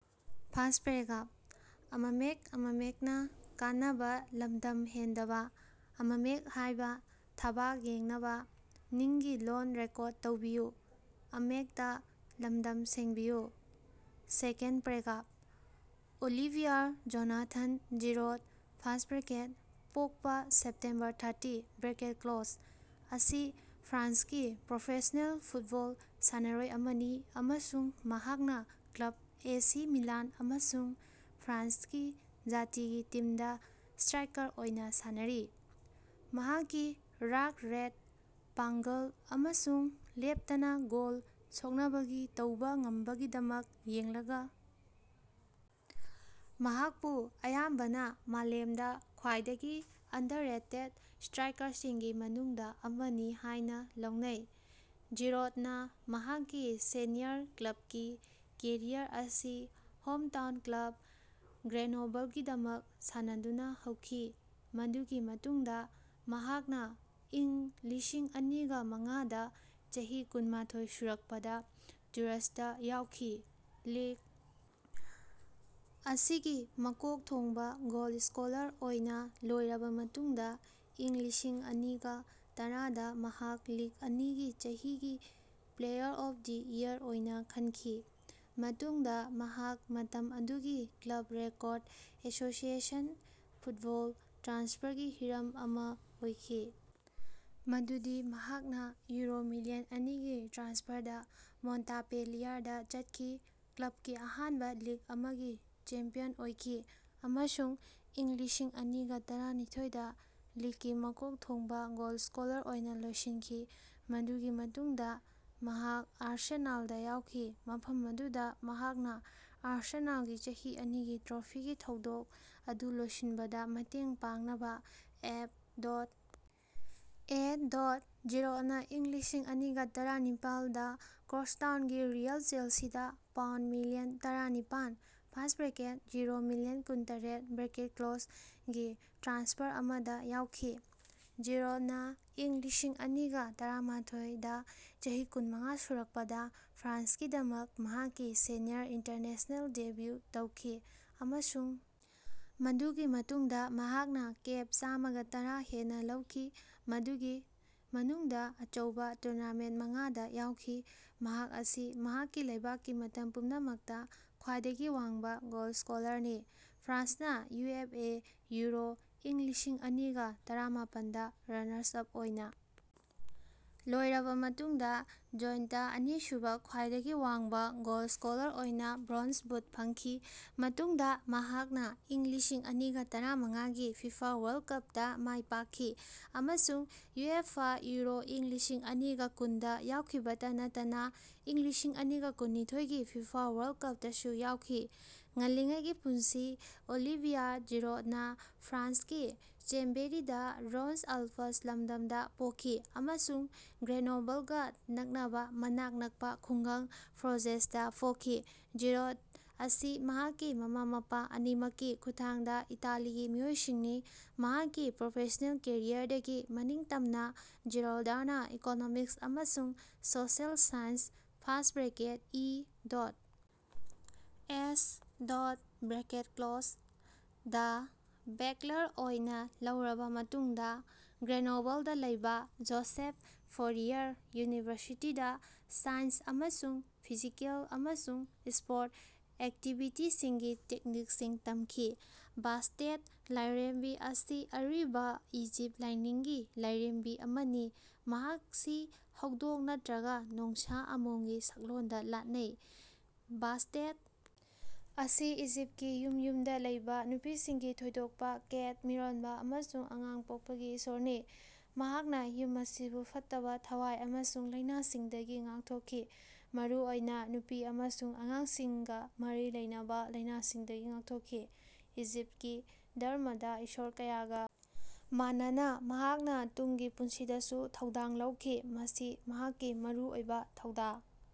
Olivier Jonathan Giroud (ꯄꯣꯛꯄꯥ September thirty) ꯑꯁꯤ ꯐ꯭ꯔꯥꯟꯁꯀꯤ ꯄ꯭ꯔꯣꯐꯦꯁ꯭ꯅꯦꯜ ꯐꯨꯠꯕꯣꯜ ꯁꯥꯟꯅꯔꯣꯏ ꯑꯃꯅꯤ ꯑꯃꯁꯨꯡ ꯃꯍꯥꯛꯅꯥ ꯀ꯭ꯂꯕ ꯑꯦꯁꯤ ꯃꯤꯂꯥꯟ ꯑꯃꯁꯨꯡ ꯐ꯭ꯔꯥꯟꯁꯀꯤ ꯖꯥꯇꯤꯒꯤ ꯇꯤꯝꯗꯥ ꯁꯇ꯭ꯔꯥꯏꯀꯔ ꯑꯣꯏꯅꯥ ꯁꯥꯟꯅꯔꯤ꯫ ꯃꯍꯥꯛꯀꯤ ꯋ꯭ꯔꯥꯥꯛ-ꯔꯦꯠ, ꯄꯥꯡꯒꯜ, ꯑꯃꯁꯨꯡ ꯂꯦꯞꯇꯅꯥ ꯒꯣꯜ ꯁꯣꯛꯅꯕꯒꯤ ꯇꯧꯕꯥ ꯉꯝꯕꯒꯤꯗꯃꯛ ꯌꯦꯡꯂꯒꯥ, ꯃꯍꯥꯛꯄꯨ ꯑꯌꯥꯝꯕꯅꯥ ꯃꯥꯂꯦꯝꯗꯥ ꯈ꯭ꯋꯥꯏꯗꯒꯤ ꯑꯟꯗꯔꯔꯦꯇꯦꯗ ꯁꯇ꯭ꯔꯥꯏꯀꯔꯁꯤꯡꯒꯤ ꯃꯅꯨꯡꯗꯥ ꯑꯃꯅꯤ ꯍꯥꯏꯅꯥ ꯂꯧꯅꯩ꯫ ꯖꯤꯔꯣꯗꯅꯥ ꯃꯍꯥꯛꯀꯤ ꯁꯦꯅꯤꯌꯔ ꯀ꯭ꯂꯕꯀꯤ ꯀꯦꯔꯤꯌꯔ ꯑꯁꯤ ꯍꯣꯝꯇꯥꯎꯟ ꯀ꯭ꯂꯕ ꯒ꯭ꯔꯦꯅꯣꯕꯜꯒꯤꯗꯃꯛ ꯁꯥꯟꯅꯗꯨꯅꯥ ꯍꯧꯈꯤ, ꯃꯗꯨꯒꯤ ꯃꯇꯨꯡꯗꯥ ꯃꯍꯥꯛꯅꯥ ꯢꯪ ꯂꯤꯁꯤꯡꯑꯅꯤꯒ ꯃꯉꯥꯗꯥ ꯆꯍꯤ ꯀꯨꯟꯃꯊꯣꯢ ꯁꯨꯔꯛꯄꯗꯥ ꯇꯨꯔꯁꯇꯥ ꯌꯥꯎꯈꯤ꯫ ꯂꯤꯒ ꯑꯁꯤꯒꯤ ꯃꯀꯣꯛ ꯊꯣꯡꯕꯥ ꯒꯣꯜ ꯁ꯭ꯀꯣꯂꯔ ꯑꯣꯏꯅꯥ ꯂꯣꯏꯔꯕꯥ ꯃꯇꯨꯡꯗꯥ ꯢꯪ ꯂꯤꯁꯤꯡꯑꯅꯤꯒ ꯇꯔꯥꯗꯥ ꯃꯍꯥꯛ ꯂꯤꯒ ꯑꯅꯤꯒꯤ ꯆꯍꯤꯒꯤ ꯄ꯭ꯂꯦꯌꯔ ꯑꯣꯐ ꯗ ꯢꯌꯔ ꯑꯣꯏꯅꯥ ꯈꯟꯈꯤ꯫ ꯃꯇꯨꯡꯗꯥ ꯃꯍꯥꯛ ꯃꯇꯝ ꯑꯗꯨꯒꯤ ꯀ꯭ꯂꯕ ꯔꯦꯀꯣꯔꯗ ꯑꯦꯁꯣꯁꯤꯑꯦꯁꯟ ꯐꯨꯠꯕꯣꯜ ꯇ꯭ꯔꯥꯟꯁꯐꯔꯒꯤ ꯍꯤꯔꯝ ꯑꯃꯥ ꯑꯣꯏꯈꯤ ꯃꯗꯨꯗꯤ ꯃꯍꯥꯛꯅꯥ ꯌꯨꯔꯣ ꯃꯤꯂꯤꯌꯟ ꯑꯅꯤꯒꯤ ꯇ꯭ꯔꯥꯟꯁꯐꯔꯗꯥ ꯃꯣꯟꯇꯥꯄꯦꯂꯤꯌꯔꯗꯥ ꯆꯠꯈꯤ, ꯀ꯭ꯂꯕꯀꯤ ꯑꯍꯥꯟꯕꯥ ꯂꯤꯒ ꯑꯃꯒꯤ ꯆꯦꯝꯄꯤꯌꯟ ꯑꯣꯏꯈꯤ ꯑꯃꯁꯨꯡ ꯢꯪ ꯂꯤꯁꯤꯡꯑꯅꯤꯒ ꯇꯔꯥꯅꯤꯊꯣꯢꯗꯥ ꯂꯤꯒꯀꯤ ꯃꯀꯣꯛ ꯊꯣꯡꯕꯥ ꯒꯣꯜꯁ꯭ꯀꯣꯂꯔ ꯑꯣꯏꯅꯥ ꯂꯣꯏꯁꯤꯟꯈꯤ꯫ ꯃꯗꯨꯒꯤ ꯃꯇꯨꯡꯗꯥ ꯃꯍꯥꯛ ꯑꯥꯔꯁꯦꯅꯥꯜꯗꯥ ꯌꯥꯎꯈꯤ, ꯃꯐꯝ ꯑꯗꯨꯗꯥ ꯃꯍꯥꯛꯅꯥ ꯑꯥꯔꯁꯦꯅꯥꯜꯒꯤ ꯆꯍꯤ ꯑꯅꯤꯒꯤ ꯇ꯭ꯔꯣꯐꯤꯒꯤ ꯊꯧꯗꯣꯛ ꯑꯗꯨ ꯂꯣꯏꯁꯤꯟꯕꯗꯥ ꯃꯇꯦꯡ ꯄꯥꯡꯅꯕꯥ ꯑꯦꯐ. ꯑꯦ. ꯖꯤꯔꯣꯗꯅꯥ ꯢꯪ ꯂꯤꯁꯤꯡꯑꯅꯤꯒ ꯇꯔꯥꯅꯤꯄꯥꯜ ꯗꯥ ꯀ꯭ꯔꯣꯁꯇꯥꯎꯅꯒꯤ ꯔꯤꯑꯦꯜ ꯆꯦꯜꯁꯤꯗꯥ ꯄꯥꯎꯟꯗ ꯃꯤꯂꯤꯌꯟ ꯇꯔꯥꯅꯤꯄꯥꯟ (ꯌꯨꯔꯣ ꯃꯤꯂꯤꯌꯟ ꯀꯨꯟ. ꯇꯔꯦꯠ)ꯒꯤ ꯇ꯭ꯔꯥꯟꯁꯐꯔ ꯑꯃꯗꯥ ꯌꯥꯎꯈꯤ꯫ ꯖꯤꯔꯣꯗꯅꯥ ꯢꯪ ꯂꯤꯁꯤꯡꯑꯅꯤꯒ ꯇꯔꯥꯃꯊꯣꯢ ꯗꯥ ꯆꯍꯤ ꯀꯨꯟꯃꯉꯥ ꯁꯨꯔꯛꯄꯗꯥ ꯐ꯭ꯔꯥꯟꯁꯀꯤꯗꯃꯛ ꯃꯍꯥꯛꯀꯤ ꯁꯦꯅꯤꯌꯔ ꯏꯟꯇꯔꯅꯦꯁ꯭ꯅꯦꯜ ꯗꯦꯕ꯭ꯌꯨ ꯇꯧꯈꯤ, ꯑꯃꯁꯨꯡ ꯃꯗꯨꯒꯤ ꯃꯇꯨꯡꯗꯥ ꯃꯍꯥꯛꯅꯥ ꯀꯦꯞ ꯆꯥꯃꯒꯇꯔꯥ ꯍꯦꯟꯅꯥ ꯂꯧꯈꯤ, ꯃꯗꯨꯒꯤ ꯃꯅꯨꯡꯗꯥ ꯑꯆꯧꯕꯥ ꯇꯨꯔꯅꯥꯃꯦꯟꯇ ꯃꯉꯥꯗꯥ ꯌꯥꯎꯈꯤ꯫ ꯃꯍꯥꯛ ꯑꯁꯤ ꯃꯍꯥꯛꯀꯤ ꯂꯩꯕꯥꯛꯀꯤ ꯃꯇꯝ ꯄꯨꯝꯅꯃꯛꯇꯥ ꯈ꯭ꯋꯥꯏꯗꯒꯤ ꯋꯥꯡꯕꯥ ꯒꯣꯜ ꯁ꯭ꯀꯣꯂꯔꯅꯤ, ꯐ꯭ꯔꯥꯟꯁꯅꯥ ꯌꯨꯑꯦꯐꯑꯦ ꯌꯨꯔꯣ ꯢꯪ ꯂꯤꯁꯤꯡꯑꯅꯤꯒ ꯇꯔꯥꯃꯄꯟ ꯗ ꯔꯅꯥꯔꯁ ꯑꯞ ꯑꯣꯏꯅꯥ ꯂꯣꯏꯔꯕꯥ ꯃꯇꯨꯡꯗꯥ ꯖꯣꯏꯟꯇ ꯑꯅꯤꯁꯨꯕꯥ ꯈ꯭ꯋꯥꯏꯗꯒꯤ ꯋꯥꯡꯕꯥ ꯒꯣꯜꯁ꯭ꯀꯣꯂꯔ ꯑꯣꯏꯅꯥ ꯕ꯭ꯔꯣꯟꯖ ꯕꯨꯠ ꯐꯪꯈꯤ꯫ ꯃꯇꯨꯡꯗꯥ ꯃꯍꯥꯛꯅꯥ ꯢꯪ ꯂꯤꯁꯤꯡꯑꯅꯤꯒ ꯇꯔꯥꯃꯉꯥꯒꯤ ꯐꯤꯐꯥ ꯋꯥꯔꯜꯗ ꯀꯞꯇꯥ ꯃꯥꯏꯄꯥꯛꯈꯤ, ꯑꯃꯁꯨꯡ ꯌꯨꯑꯦꯐꯥ ꯌꯨꯔꯣ ꯢꯪ ꯂꯤꯁꯤꯡꯑꯅꯤꯒ ꯀꯨꯟꯗꯥ ꯌꯥꯎꯈꯤꯕꯇꯥ ꯅꯠꯇꯅꯥ ꯢꯪ ꯂꯤꯁꯤꯡꯑꯅꯤꯒ ꯀꯨꯟꯅꯤꯊꯣꯢꯒꯤ ꯐꯤꯐꯥ ꯋꯥꯔꯜꯗ ꯀꯄꯇꯥꯁꯨ ꯌꯥꯎꯈꯤ꯫ ꯉꯜꯂꯤꯉꯩꯒꯤ ꯄꯨꯟꯁꯤ ꯑꯣꯂꯤꯚꯤꯌꯥꯔ ꯖꯤꯔꯣꯗꯅꯥ ꯐ꯭ꯔꯥꯟꯁꯀꯤ ꯆ꯭ꯌꯥꯝꯕꯦꯔꯤꯗꯥ ꯔꯣꯟ ꯑꯥꯜꯄꯁ ꯂꯝꯗꯝꯗꯥ ꯄꯣꯛꯈꯤ ꯑꯃꯁꯨꯡ ꯒ꯭ꯔꯦꯅꯣꯕꯜꯒꯥ ꯅꯛꯅꯕꯥ ꯃꯅꯥꯛ ꯅꯛꯄꯥ ꯈꯨꯡꯒꯪ ꯐ꯭ꯔꯣꯖꯦꯁꯇꯥ ꯄꯣꯛꯈꯤ꯫ ꯖꯤꯔꯣꯗ ꯑꯁꯤ ꯃꯍꯥꯛꯀꯤ ꯃꯃꯥ-ꯃꯄꯥ ꯑꯅꯤꯃꯛꯀꯤ ꯈꯨꯠꯊꯥꯡꯗꯥ ꯏꯇꯥꯂꯤꯒꯤ ꯃꯤꯑꯣꯏꯁꯤꯡꯅꯤ꯫ ꯃꯍꯥꯛꯀꯤ ꯄ꯭ꯔꯣꯐꯦꯁ꯭ꯅꯦꯜ ꯀꯦꯔꯤꯌꯔꯗꯒꯤ ꯃꯅꯤꯡꯇꯝꯅꯥ, ꯖꯤꯔꯧꯗꯅꯥ ꯏꯀꯣꯅꯣꯃꯤꯛꯁ ꯑꯃꯁꯨꯡ ꯁꯣꯁꯤꯑꯦꯜ ꯁꯥꯏꯟꯁ (ꯏ. ꯑꯦꯁ.)ꯗꯥ ꯕꯦꯛꯂꯔ ꯑꯣꯏꯅꯥ ꯂꯧꯔꯕꯥ ꯃꯇꯨꯡꯗꯥ, ꯒ꯭ꯔꯦꯅꯣꯕꯜꯗꯥ ꯂꯩꯕꯥ ꯖꯣꯁꯦꯐ ꯐꯣꯔꯤꯌꯔ ꯌꯨꯅꯤꯚꯔꯁꯤꯇꯤꯗꯥ ꯁꯥꯏꯟꯁ ꯑꯃꯁꯨꯡ ꯐꯤꯖꯤꯀꯦꯜ ꯑꯃꯁꯨꯡ ꯁ꯭ꯄꯣꯔꯇ ꯑꯦꯛꯇꯤꯕꯤꯇꯤꯁꯤꯡꯒꯤ ꯇꯦꯛꯅꯤꯛꯁꯤꯡ ꯇꯝꯈꯤ꯫ ꯕꯥꯁꯇꯦꯠ, ꯂꯥꯢꯔꯦꯝꯕꯤ ꯑꯁꯤ ꯑꯔꯤꯕ ꯏꯖꯤꯞ ꯂꯥꯢꯅꯤꯡꯒꯤ ꯂꯥꯢꯔꯦꯝꯕꯤ ꯑꯃꯅꯤ꯫ ꯃꯍꯥꯛꯁꯤ ꯍꯧꯗꯣꯡ ꯅꯠꯇ꯭ꯔꯒ ꯅꯣꯡꯁꯥ ꯑꯃꯣꯝꯒꯤ ꯁꯛꯂꯣꯟꯗ ꯂꯥꯠꯅꯩ꯫ ꯕꯥꯁꯇꯦꯠ ꯑꯁꯤ ꯏꯖꯤꯞꯇꯀꯤ ꯌꯨꯝ ꯌꯨꯝꯗꯥ ꯂꯩꯕꯥ, ꯅꯨꯄꯤꯁꯤꯡꯒꯤ ꯊꯣꯏꯗꯣꯛꯄꯥ, ꯀꯦꯠ ꯃꯤꯔꯣꯟꯕꯥ ꯑꯃꯁꯨꯡ ꯑꯉꯥꯡ ꯄꯣꯛꯄꯒꯤ ꯏꯁꯣꯔꯅꯤ꯫ ꯃꯍꯥꯛꯅꯥ ꯌꯨꯝ ꯑꯁꯤꯕꯨ ꯐꯠꯇꯕꯥ ꯊꯋꯥꯢ ꯑꯃꯁꯨꯡ ꯂꯥꯢꯅꯥꯁꯤꯡꯗꯒꯤ ꯉꯥꯛꯊꯣꯛꯈꯤ, ꯃꯔꯨꯑꯣꯏꯅꯥ ꯅꯨꯄꯤ ꯑꯃꯁꯨꯡ ꯑꯉꯥꯡꯁꯤꯡꯒꯥ ꯃꯔꯤ ꯂꯩꯅꯕꯥ ꯂꯥꯢꯅꯥꯁꯤꯡꯗꯒꯤ ꯉꯥꯛꯊꯣꯛꯈꯤ꯫ ꯏꯖꯤꯞꯇꯀꯤ ꯙꯔꯝꯃꯗꯥ ꯏꯁꯣꯔ ꯀꯌꯥꯒꯥ ꯃꯥꯟꯅꯅꯥ, ꯃꯍꯥꯛꯅꯥ ꯇꯨꯡꯒꯤ ꯄꯨꯟꯁꯤꯗꯁꯨ ꯊꯧꯗꯥꯡ ꯂꯧꯈꯤ꯫ ꯃꯁꯤ ꯃꯍꯥꯛꯀꯤ ꯃꯔꯨꯑꯣꯏꯕꯥ ꯊꯧꯗꯥ꯫